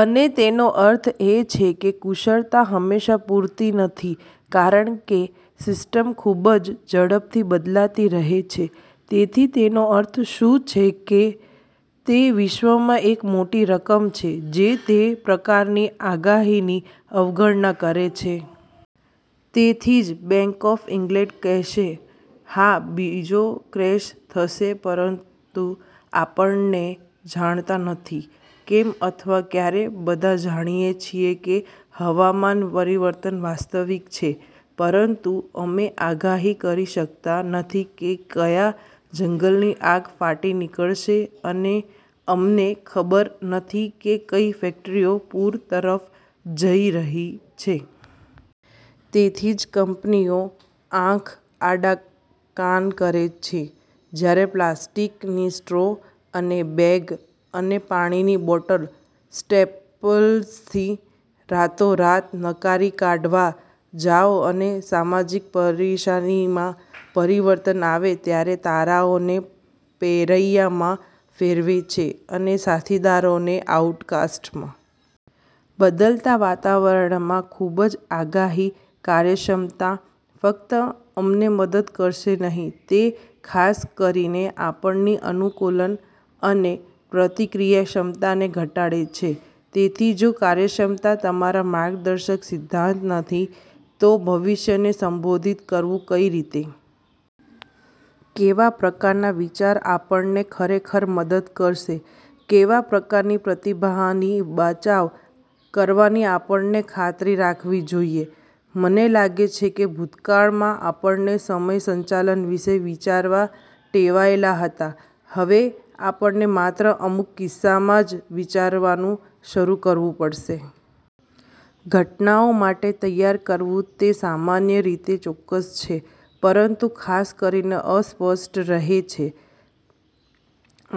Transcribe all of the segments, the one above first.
અને તેનો અર્થ એ છે કે કુશળતા હંમેશાં પૂરતી નથી કારણ કે સિસ્ટમ ખૂબ જ ઝડપથી બદલાતી રહે છે. તેથી તેનો અર્થ શું છે કે તે વિશ્વમાં એક મોટી રકમ છે જે તે પ્રકારની આગાહીની અવગણના કરે છે. તેથી જ બેંક ઓફ ઇંગ્લેંડ કહેશે, "હા, બીજો ક્રેશ થશે પરંતુ આપણે જાણતા નથી કેમ અથવા ક્યારે." બધા જાણીએ છીએ કે હવામાન પરિવર્તન વાસ્તવિક છે પરંતુ અમે આગાહી કરી શકતા નથી કે ક્યાં જંગલની આગ ફાટી નીકળશે અને અમને ખબર નથી કે કઈ ફેકટરીઓ પૂર તરફ જઈ રહી છે. તેથી જ કંપનીઓ આંખ આડા કાન કરે છે જ્યારે પ્લાસ્ટિકની સ્ટ્રો અને બેગ અને પાણીની બૉટલ સ્ટેપલ્સથી રાતોરાત નકારી કાઢવા જાઓ અને સામાજિક પરેશાનીમાં પરિવર્તન આવે ત્યારે તારાઓને પેરૈયામાં ફેરવે છે અને સાથીદારોને આઉટકાસ્ટમાં. બદલાતા વાતાવરણમાં ખૂબ આગાહી, કાર્યક્ષમતા ફક્ત અમને મદદ કરશે નહીં, તે ખાસ કરીને આપણી અનુકૂલન અને પ્રતિક્રિયા ક્ષમતાને ઘટાડે છે. તેથી જો કાર્યક્ષમતા અમારા માર્ગદર્શક સિદ્ધાંત નથી તો ભવિષ્યને સંબોધિત કરવું કઈ રીતે? કેવાં પ્રકારના વિચાર આપણને ખરેખર મદદ કરશે? કેવા પ્રકારની પ્રતિભાની બચાવ કરવાની આપણે ખાતરી રાખવી જોઈએ? મને લાગે છે કે ભૂતકાળમાં આપણે સમય સંચાલન વિશે વિચારવાં ટેવાયેલા હતા. હવે આપણે માત્ર અમુક કિસ્સામાં જ વિચારવાનું શરૂ કરવું પડશે. ઘટનાઓ માટે તૈયાર કરવું તે સામાન્ય રીતે ચોક્કસ છે પરંતુ ખાસ કરીને અસ્પષ્ટ રહે છે.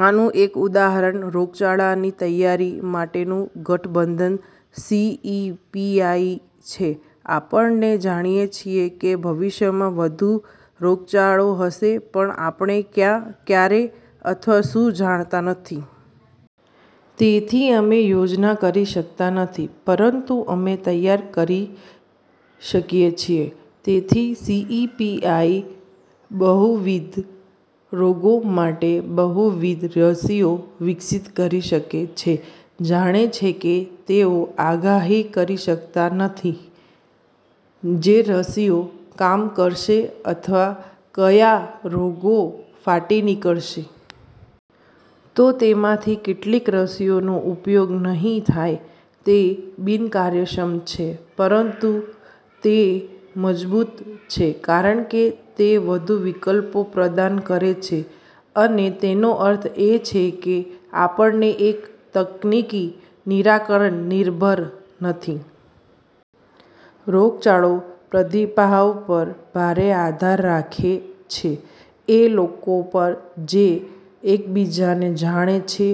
આનું એક ઉદાહરણ, રોગચાળાની તૈયારી માટેનું ગઠબંધન સી.ઈ.પી.આઈ છે. આપણે જાણીએ છીએ કે ભવિષ્યમાં વધુ રોગચાળો હશે પણ આપણે ક્યાં, ક્યારે અથવા શું જાણતા નથી. તેથી અમે યોજના કરી શકતા નથી પરંતુ અમે તૈયાર કરી શકીએ છીએ. તેથી સી.ઈ.પી.આઈ બહુવિધ રોગો માટે બહુવિધ રસીઓ વિકસિત કરી રહી છે. જાણે છે કે તેઓ આગાહી કરી શકતા નથી જે રસીઓ કામ કરશે અથવા કયા રોગો ફાટી નીકળશે. તો તેમાંથી કેટલીક રસીનો ઉપયોગ નહીં થાય. તે બિનકાર્યક્ષમ છે પરંતુ તે મજબૂત છે કારણ કે તે વધુ વિકલ્પો પ્રદાન કરે છે અને તેનો અર્થ એ છે કે આપણે એક તકનીકી નિરાકરણ નિર્ભર નથી. રોગચાળો પ્રતિભાવ પર ભારે આધાર રાખે છે એ લોકો પર જે એકબીજાને જાણે છે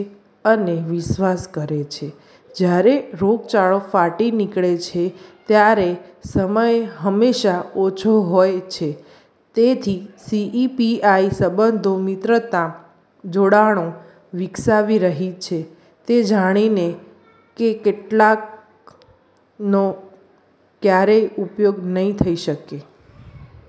અને વિશ્વાસ કરે છે. જ્યારે રોગચાળો ફાટી નીકળે છે ત્યારે સમય હંમેશા ઓછો હોય છે. તેથી સી.ઈ.પી.આઈ સંબંધો, મિત્રતા, જોડાણો વિકસાવી રહી છે તે જાણીને કે કેટલાકનો ક્યારેય ઉપયોગ નઈ થઈ શકે.